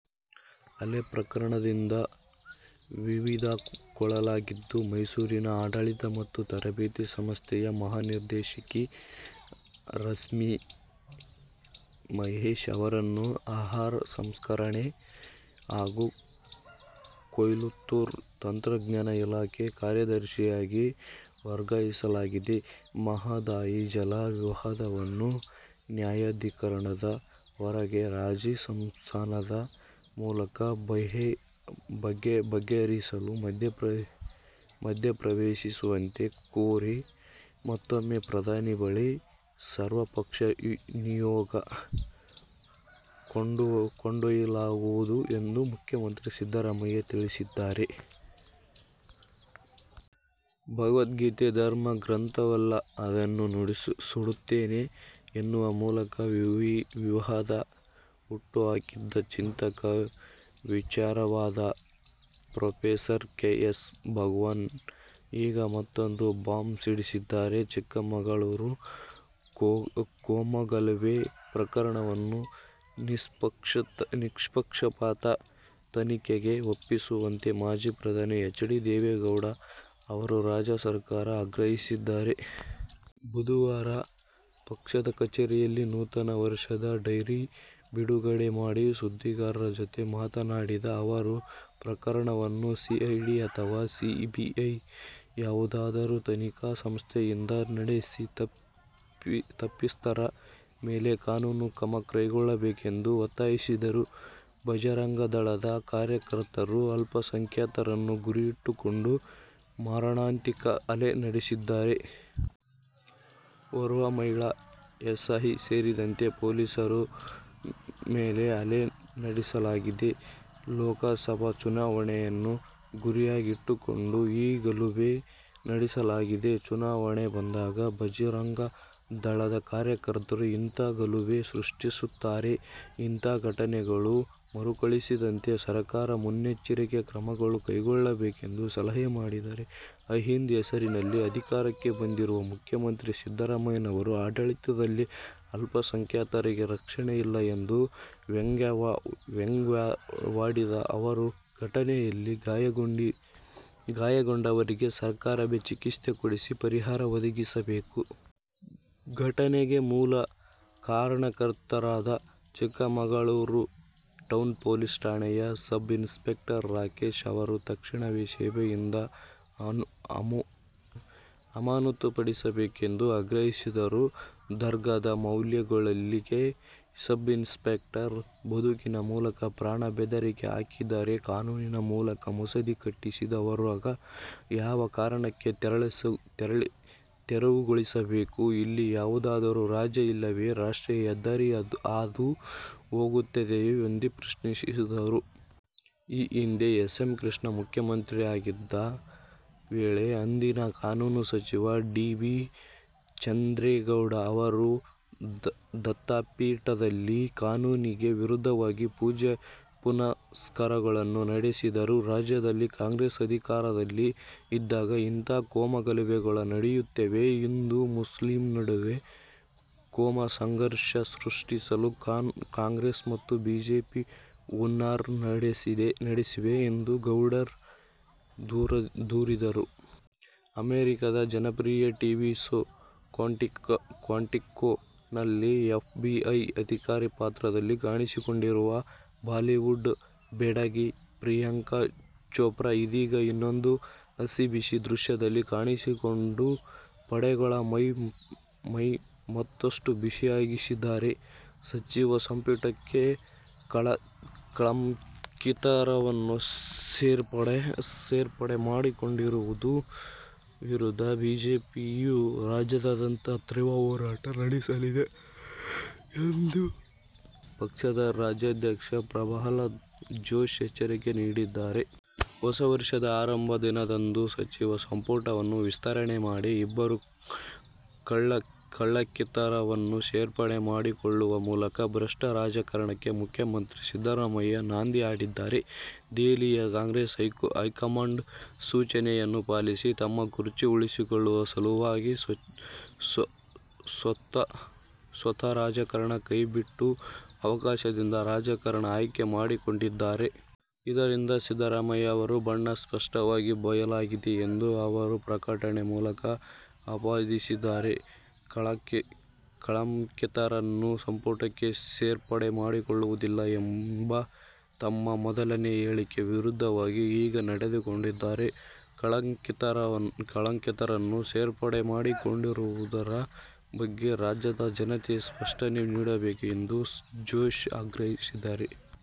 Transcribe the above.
ಹಲ್ಲೆ ಪ್ರಕರಣದಿಂದ ವಿವಾದಕ್ಕೊಳಗಾಗಿದ್ದ ಮೈಸೂರಿನ ಆಡಳಿತ ಮತ್ತು ತರಬೇತಿ ಸಂಸ್ಥೆಯ ಮಹಾನಿರ್ದೇಶಕಿ ರಶ್ಮಿ ವಿ. ಮಹೇಶ್ ಅವರನ್ನು ಆಹಾರ ಸಂಸ್ಕರಣೆ ಹಾಗೂ ಕೊಯ್ಲೋತ್ತರ ತಂತ್ರಜ್ಞಾನ ಇಲಾಖೆ ಕಾರ್ಯದರ್ಶಿಯಾಗಿ ವರ್ಗಾಯಿಸಲಾಗಿದೆ. ಮಹದಾಯಿ ಜಲ ವಿವಾದವನ್ನು ನ್ಯಾಯಾಧಿಕರಣದ ಹೊರಗೆ ರಾಜಿ ಸಂಧಾನದ ಮೂಲಕ ಬಗೆಹರಿಸಲು ಮಧ್ಯಪ್ರವೇಶಿಸುವಂತೆ ಕೋರಿ ಮತ್ತೂಮ್ಮೆ ಪ್ರಧಾನಿ ಬಳಿ ಸರ್ವಪಕ್ಷ ನಿಯೋಗ ಕೊಂಡೊಯ್ಯಲಾಗುವುದು ಎಂದು ಮುಖ್ಯಮಂತ್ರಿ ಸಿದ್ದರಾಮಯ್ಯ ತಿಳಿಸಿದ್ದಾರೆ. ಭಗವದ್ಗೀತೆ ಧರ್ಮ ಗ್ರಂಥವಲ್ಲ. ಅದನ್ನು ಸುಡುತ್ತೇನೆ ಎನ್ನುವ ಮೂಲಕ ವಿವಾದ ಹುಟ್ಟುಹಾಕಿದ್ದ ಚಿಂತಕ, ವಿಚಾರವಾದಿ ಪ್ರೊಫೆಸರ್. ಕೆ. ಎಸ್. ಭಗವಾನ್ ಈಗ ಮತ್ತೊಂದು ಬಾಂಬ್ ಸಿಡಿಸಿದ್ದಾರೆ. ಚಿಕ್ಕಮಗಳೂರು ಕೋಮುಗಲಭೆ ಪ್ರಕರಣವನ್ನು ನಿಷ್ಪಕ್ಷಪಾತ ತನಿಖೆಗೆ ಒಪ್ಪಿಸುವಂತೆ ಮಾಜಿ ಪ್ರಧಾನಿ ಎಚ್. ಡಿ. ದೇವೇಗೌಡ ಅವರು ರಾಜ್ಯ ಸರ್ಕಾರವನ್ನು ಆಗ್ರಹಿಸಿದ್ದಾರೆ. ಬುಧವಾರ ಪಕ್ಷದ ಕಚೇರಿಯಲ್ಲಿ ನೂತನ ವರ್ಷದ ಡೈರಿ ಬಿಡುಗಡೆ ಮಾಡಿ ಸುದ್ದಿಗಾರರ ಜತೆ ಮಾತನಾಡಿದ ಅವರು, ಪ್ರಕರಣವನ್ನು ಸಿಐಡಿ ಅಥವಾ ಸಿಬಿಐ ಯಾವುದಾದರೂ ತನಿಖಾ ಸಂಸ್ಥೆಯಿಂದ ನಡೆಸಿ ತಪ್ಪಿತಸ್ಥರ ಮೇಲೆ ಕಾನೂನು ಕ್ರಮ ಕೈಗೊಳ್ಳಬೇಕು ಎಂದು ಒತ್ತಾಯಿಸಿದರು. ಭಜರಂಗ ದಳದ ಕಾರ್ಯಕರ್ತರು, ಅಲ್ಪಸಂಖ್ಯಾತರನ್ನು ಗುರಿಯಾಗಿಟ್ಟುಕೊಂಡು ಮಾರಣಾಂತಿಕ ಹಲ್ಲೆ ನಡೆಸಿದ್ದಾರೆ. ಓರ್ವ ಮಹಿಳಾ ಎಸ್ಐ ಸೇರಿದಂತೆ ಪೊಲೀಸರ ಮೇಲೆ ಹಲ್ಲೆ ನಡೆಸಲಾಗಿದೆ. ಲೋಕಸಬಾ ಚುನಾವಣೆಯನ್ನು ಗುರಿಯಾಗಿಟ್ಟುಕೊಂಡು ಈ ಗಲಭೆ ನಡೆಸಲಾಗಿದೆ. ಚುನಾವಣೆ ಬಂದಾಗ ಭಜರಂಗ ದಳದ ಕಾರ್ಯಕರ್ತರು ಇಂತಹ ಗಲಭೆ ಸೃಷ್ಟಿಸುತ್ತಾರೆ. ಇಂತಹ ಘಟನೆಗಳು ಮರುಕಳಿಸಿದಂತೆ ಸರ್ಕಾರ ಮುನ್ನಚ್ಚರಿಕ ಕ್ರಮಗಳನ್ನು ಕೈಗೊಳ್ಳಬೇಕು ಎಂದು ಸಲಹೆ ಮಾಡಿದರು. ಅಹಿಂದ ಹೆಸರಿನಲ್ಲಿ ಅಧಿಕಾರಕ್ಕೆ ಬಂದಿರುವ ಮುಖ್ಯಮಂತ್ರಿ ಸಿದ್ದರಾಮಯ್ಯನವರ ಆಡಳಿತದಲ್ಲೇ ಅಲ್ಪಸಂಖ್ಯಾತರಿಗೆ ರಕ್ಷಣೆ ಇಲ್ಲ ಎಂದು ವ್ಯಂಗ್ಯವಾಡಿದ ಅವರು, ಘಟನೆಯಲ್ಲಿ ಗಾಯಗೊಂಡವರಿಗೆ ಸರ್ಕಾರವೇ ಚಿಕಿತ್ಸೆ ಕೊಡಿಸಿ ಪರಿಹಾರ ಒದಗಿಸಬೇಕು. ಘಟನೆಗೆ ಮೂಲ ಕಾರಣಕರ್ತರಾದ ಚಿಕ್ಕಮಗಳೂರು ಟೌನ್ ಪೊಲೀಸ್ ಠಾಣೆಯ ಸಬ್ ಇನ್ಸ್ಪೆಕ್ಟರ್ ರಾಕೇಶ್ ಅವರನ್ನು ತಕ್ಷಣವೇ ಸೇವೆಯಿಂದ ಅಮಾನತುಪಡಿಸಬೇಕೆಂದು ಆಗ್ರಹಿಸಿದರು. ದರ್ಗಾದ ಮೌಲ್ವಿಗಳಿಗೆ ಸಬ್ ಇನ್ಸ್ಪೆಕ್ಟರ್ ಬಂದೂಕಿನ ಮೂಲಕ ಪ್ರಾಣ ಬೆದರಿಕೆ ಹಾಕಿದ್ದಾರೆ. ಕಾನೂನಿನ ಮೂಲಕ ಮಸೀದಿ ಕಟ್ಟಿಸಿರುವಾಗ ಯಾವ ಕಾರಣಕ್ಕೆ ತೆರವುಗೊಳಿಸಬೇಕು. ಇಲ್ಲಿ ಯಾವುದಾದರೂ ರಾಜ್ಯ ಇಲ್ಲವೇ ರಾಷ್ಟ್ರೀಯ ಹೆದ್ದಾರಿ ಹಾದು ಹೋಗುತ್ತದೆಯೇ ಎಂದು ಪ್ರಶ್ನಿಸಿದರು. ಈ ಹಿಂದೆ ಎಸ್. ಎಂ ಕೃಷ್ಣ ಮುಖ್ಯಮಂತ್ರಿಯಾಗಿದ್ದ ವೇಳೆ ಅಂದಿನ ಕಾನೂನು ಸಚಿವರಾದ ಡಿ. ಬಿ. ಚಂದ್ರೇಗೌಡ ಅವರು, ದತ್ತಾಪೀಠದಲ್ಲಿ ಕಾನೂನಿಗೆ ವಿರುದ್ದವಾಗಿ ಪೂಜೆ ಪುನಸ್ಕರಗಳನ್ನು ನಡೆಸಿದರು. ರಾಜ್ಯದಲ್ಲಿ ಕಾಂಗ್ರೆಸ್ ಅಧಿಕಾರದಲ್ಲಿ ಇದ್ದಾಗ ಇಂತಹ ಕೋಮುಗಲಬೆಗಳು ನಡೆಯುತ್ತಿವೆ. ಹಿಂದೂ ಮುಸ್ಲಿಂ ನಡುವೆ ಕೋಮುಸಂಘರ್ಷ ಸೃಷ್ಟಿಸಲು ಕಾಂಗ್ರೆಸ್ ಮತ್ತು ಬಿಜೆಪಿ ಹುನ್ನಾರ ನಡೆಸಿವೆ ಎಂದು ಗೌಡರು ದೂರಿದರು. ಅಮೆರಿಕಾದ ಜನಪ್ರಿಯ ಟಿವಿ ಶೋ ಕ್ವಾಂಟಿಕೊ ನಲ್ಲಿ ಎಫ್. ಬಿ. ಐ ಅಧಿಕಾರಿ ಪಾತ್ರದಲ್ಲಿ ಕಾಣಿಸಿಕೊಂಡಿರುವ ಬಾಲಿವುಡ್ ಬೆಡಗಿ ಪ್ರಿಯಾಂಕಾ ಚೋಪ್ರಾ ಇದೀಗ ಇನ್ನೊಂದು ಹಸಿಬಿಸಿ ದೃಶ್ಯದಲ್ಲಿ ಕಾಣಿಸಿಕೊಂಡು ಪಡ್ಡೆಗಳ ಮೈ ಮತ್ತಷ್ಟು ಬಿಸಿಯಾಗಿಸಿದ್ದಾರೆ. ಸಚಿವ ಸಂಪುಟಕ್ಕೆ ಕಳಂಕಿತರನ್ನು ಸೇರ್ಪಡೆ ಮಾಡಿಕೊಂಡಿರುವುದರ ವಿರುದ್ಧ ಬಿಜೆಪಿಯು ರಾಜ್ಯಾದ್ಯಂತ ತೀವ್ರ ಹೋರಾಟ ನಡೆಸಲಿದೆ ಎಂದು ಪಕ್ಷದ ರಾಜ್ಯಾಧ್ಯಕ್ಷ ಪ್ರಹ್ಲಾದ್ ಜೋಶಿ ಎಚ್ಚರಿಕೆ ನೀಡಿದ್ದಾರೆ. ಹೊಸ ವರ್ಷದ ಆರಂಭದ ದಿನದಂದು ಸಚಿವ ಸಂಪುಟವನ್ನು ವಿಸ್ತರಣೆ ಮಾಡಿ ಇಬ್ಬರು ಕಳಂಕಿತರನ್ನು ಸೇರ್ಪಡೆ ಮಾಡಿಕೊಳ್ಳುವ ಮೂಲಕ ಭ್ರಷ್ಟ ರಾಜಕಾರಣಕ್ಕೆ ಮುಖ್ಯಮಂತ್ರಿ ಸಿದ್ದರಾಮಯ್ಯ ನಾಂದಿ ಹಾಡಿದ್ದಾರೆ. ದೆಹಲಿಯ ಕಾಂಗ್ರೆಸ್ ಹೈಕಮಾಂಡ್ ಸೂಚನೆಯನ್ನು ಪಾಲಿಸಿ ತಮ್ಮ ಕುರ್ಚಿ ಉಳಿಸಿಕೊಳ್ಳುವ ಸಲುವಾಗಿ ಸ್ವತ್ಛ ರಾಜಕಾರಣ ಕೈಬಿಟ್ಟು ಅವಕಾಶವಾದಿ ರಾಜಕಾರಣ ಆಯ್ಕೆ ಮಾಡಿಕೊಂಡಿದ್ದಾರೆ. ಇದರಿಂದ ಸಿದ್ದರಾಮಯ್ಯ ಅವರ ಬಣ್ಣ ಸ್ಪಷ್ಟವಾಗಿ ಬಯಲಾಗಿದೆ ಎಂದು ಅವರು ಪ್ರಕಟಣೆ ಮೂಲಕ ಆಪಾದಿಸಿದ್ದಾರೆ. ಕಳಂಕಿತರನ್ನು ಸಂಪುಟಕ್ಕೆ ಸೇರ್ಪಡೆ ಮಾಡಿಕೊಳ್ಳುವುದಿಲ್ಲ ಎಂಬ ತಮ್ಮ ಮೊದಲಿನ ಹೇಳಿಕೆಯ ವಿರುದ್ಧವಾಗಿ ಈಗ ನಡೆದುಕೊಂಡಿದ್ದಾರೆ. ಕಳಂಕಿತರನ್ನು ಸೇರ್ಪಡೆ ಮಾಡಿಕೊಂಡಿರುವುದರ ಬಗ್ಗೆ ರಾಜ್ಯದ ಜನತೆಗೆ ಸ್ಪಷ್ಟನೆ ನೀಡಬೇಕು ಎಂದೂ ಜೋಶಿ ಆಗ್ರಹಿಸಿದ್ದಾರೆ.